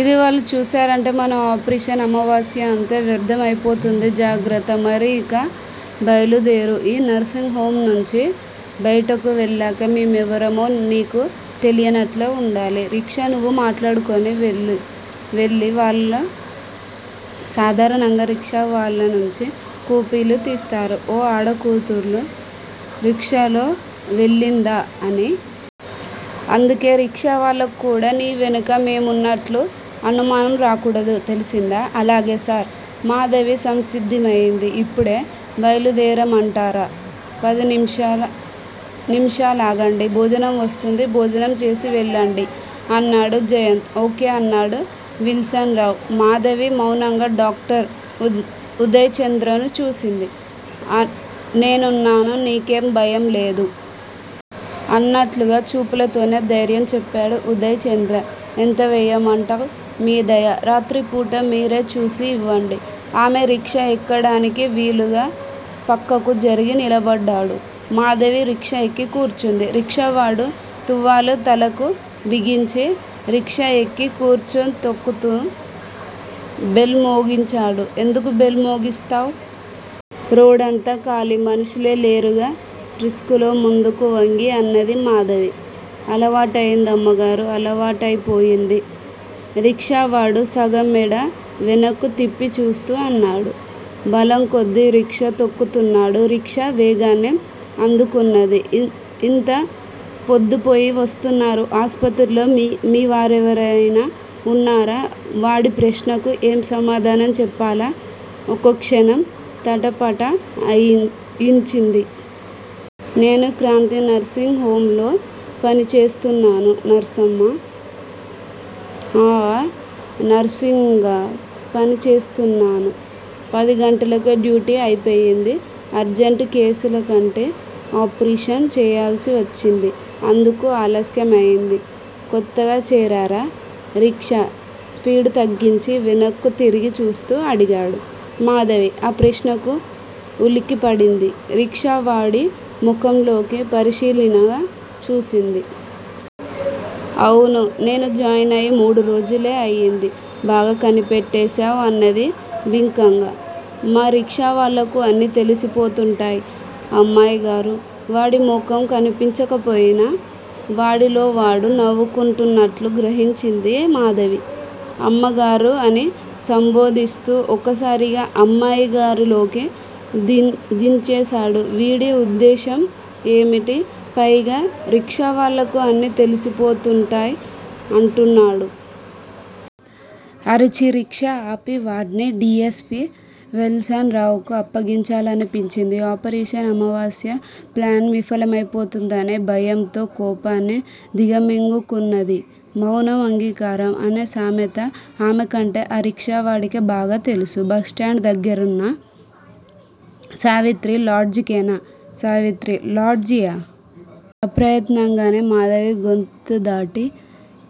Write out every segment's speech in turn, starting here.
అది వాళ్ళు చూశారంటే మన ఆపరేషన్ అమావాస్య అంతా వ్యర్థం అయిపోతుంది. జాగ్రత్త! మరి ఇక బయలుదేరు. ఈ నర్సింగ్ హొమ్ నుంచి బయటకు వెళ్ళాక మేమెవరమో నీకు తెలియనట్టే వుండాలి. రిక్షా నువ్వే మాట్లాడుకొని వెళ్ళాలి. వాళ్ళు సాధారణంగా రిక్షావాళ్ళనుంచి కూపీలు తీస్తారు. 'ఓ ఆడకూతురు రిక్షాలోవెళ్ళిందా' అని. అందుకే రిక్షావాళ్ళకుకూడా నీ వెనుక మేమున్నట్టు అనుమానం రాకూడదు తెలిసిందా? అలాగే సార్! మాధవి సంసిద్ధమైంది. ఇప్పుడే బయలుదేరమంటారా? పదినిముషాలాగండి. భోజనంవస్తుంది. భోజనం చేసివెళ్ళండి అన్నాడు జయంత్. ఓ. కే. అన్నాడు విల్సన్ రావు. మాధవి మౌనంగా డాక్టర్ ఉదయ్ చంద్రను చూసింది. 'నేనున్నాను. నీకేం భయంలేదు. ' అన్నట్టుగా చూపులతోనే ధైర్యం చెప్పాడు ఉదయ్ చంద్ర. ఎంతివ్వమంటావ్? మీదయ. రాత్రిపూట మీరేచూసి ఇవ్వండి. ఆమె రిక్షా ఎక్కడానికి వీలుగా పక్కకు జరిగి నిలబడ్డాడు. మాధవి రిక్షా ఎక్కి కూర్చుంది. రిక్షావాడు తువ్వాలు తలకు బిగించి, రిక్షాఎక్కి కూర్చునితొక్కుతూ బెల్ మోగించాడు. ఎందుకు బెల్ మోగిస్తావ్? రోడ్డంతా ఖాళీ. మనుషులే లేరుగా? రిస్ఖాలో ముందుకు వంగి అన్నది మాధవి. అలవాటైంది అమ్మగారూ! అలవాటయిపోయింది. రిక్షావాడు సగం మెడ వెనక్కు తిప్పిచూస్తూ అన్నాడు. బలంకొద్దీ రిక్షా తొక్కుతున్నాడు. రిక్షా వేగాన్ని అందుకున్నది. ఇంత పొద్దుపోయి వస్తున్నారు. ఆస్పత్రిలో మీవాళ్ళెవరైనా ఉన్నారా? వాడి ప్రశ్నకు ఏం సమాధానం చెప్పాలా ఒక్కక్షణం తటపటా యించింది. నేను క్రాంతి నర్సింగ్ హొమ్ లో పనిచేస్తున్నాను. నర్సమ్మా? ఆఁ ఆఁ! నర్సింగా పనిచేస్తున్నాను. పదిగంటలకే డ్యూటీ అయిపోయింది. అర్జంటు కేసులంటే ఆపరేషన్ చెయ్యాల్సివచ్చింది. అందుకు ఆలస్యమైంది. కొత్తగా చేరారా? రిక్షా స్పీడుతగ్గించి వెనక్కు తిరిగి చూస్తూ అడిగాడు. మాధవి ఆ ప్రశ్నకు ఉలిక్కిపడింది. రిక్షావాడి ముఖంలోకి పరిశీలనగా చూసింది. అవును. నేను జాయిన్ అయి మూడురోజులే అయింది. బాగా కనిపెట్టాశావ్ అన్నది బింకంగా. మా రిక్షావాళ్ళకు అన్నీ తెలిసిపోతుంటాయ్. అమ్మాయిగారూ? వాడి ముఖం కన్పించకపోయినా, వాడిలోవాడు నవ్వుకుంటున్నట్టు గ్రహించింది మాధవి. అమ్మగారూ అని సంబోధిస్తూ ఒక్కసారిగా అమ్మాయిగారూలోకి దించేశాడు. వీడి ఉద్దేశ్యం ఏమిటి? పైగా రిక్షావాళ్ళకు అన్నీ తెలిసిపోతుంటాయంటున్నాడు? అరిచి రిక్షా ఆపి, వాడ్ని డి. యస్. పి. విల్సన్ రావుకు అప్పగించాలనిపించింది. 'ఆపరేషన్ అమావాస్య ' ప్లాన్ విఫలమైపోతుందనే భయంతో కోపాన్ని దిగమింగుకున్నది. మౌనం అంగీకారం? అన్న సామెత ఆమెకంటే ఆ రిక్షావాడికే బాగాతెలుసు. బస్ స్టాండు దగ్గరున్న సావిత్రి లాడ్జికేనా? సావిత్రి లాడ్జీయా? అప్రయత్నంగానే మాధవి గొంతుదాటి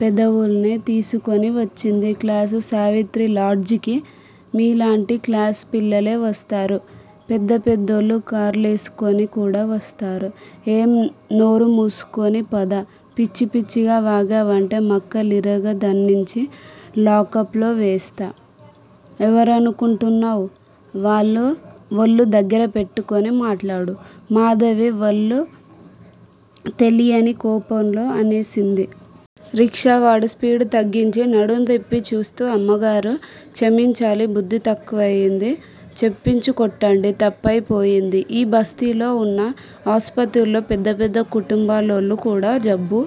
పెదవుల్ని తోసుకొని వచ్చింది! క్లాసు, సావిత్రిలాడ్జికి మీలాంటి క్లాసు పిల్లలే వస్తారు. పెద్దపెద్దోళ్ళు కార్లేసుకొని కూడా వస్తారు. ఏయ్ నోరుమూసుకుని పద. పిచ్చి పిచ్చిగా వాగావంటే మక్కెలిరగతన్నించి లాకప్ లో వేయిస్తా! ఎవరనుకొంటున్నావో. వళ్ళు దగ్గర పెట్టుకొని మాట్లాడు. మాధవి వళ్ళు తెలియని కోపంలో అనేసింది. రిక్షావాడు స్పీడు తగ్గించాడు. నడుంతిప్పి చూస్తూ అమ్మగారూ! చమించాలి బుద్ది తక్కువైపోయింది. చెప్పుచ్చుక్కొట్టండి తప్పయిపోయింది. ఈ బస్తీలో వున్న ఆస్పత్రిల్లో పెద్దపెద్ద కుంటుబాలోళ్ళు కూడా జబ్బు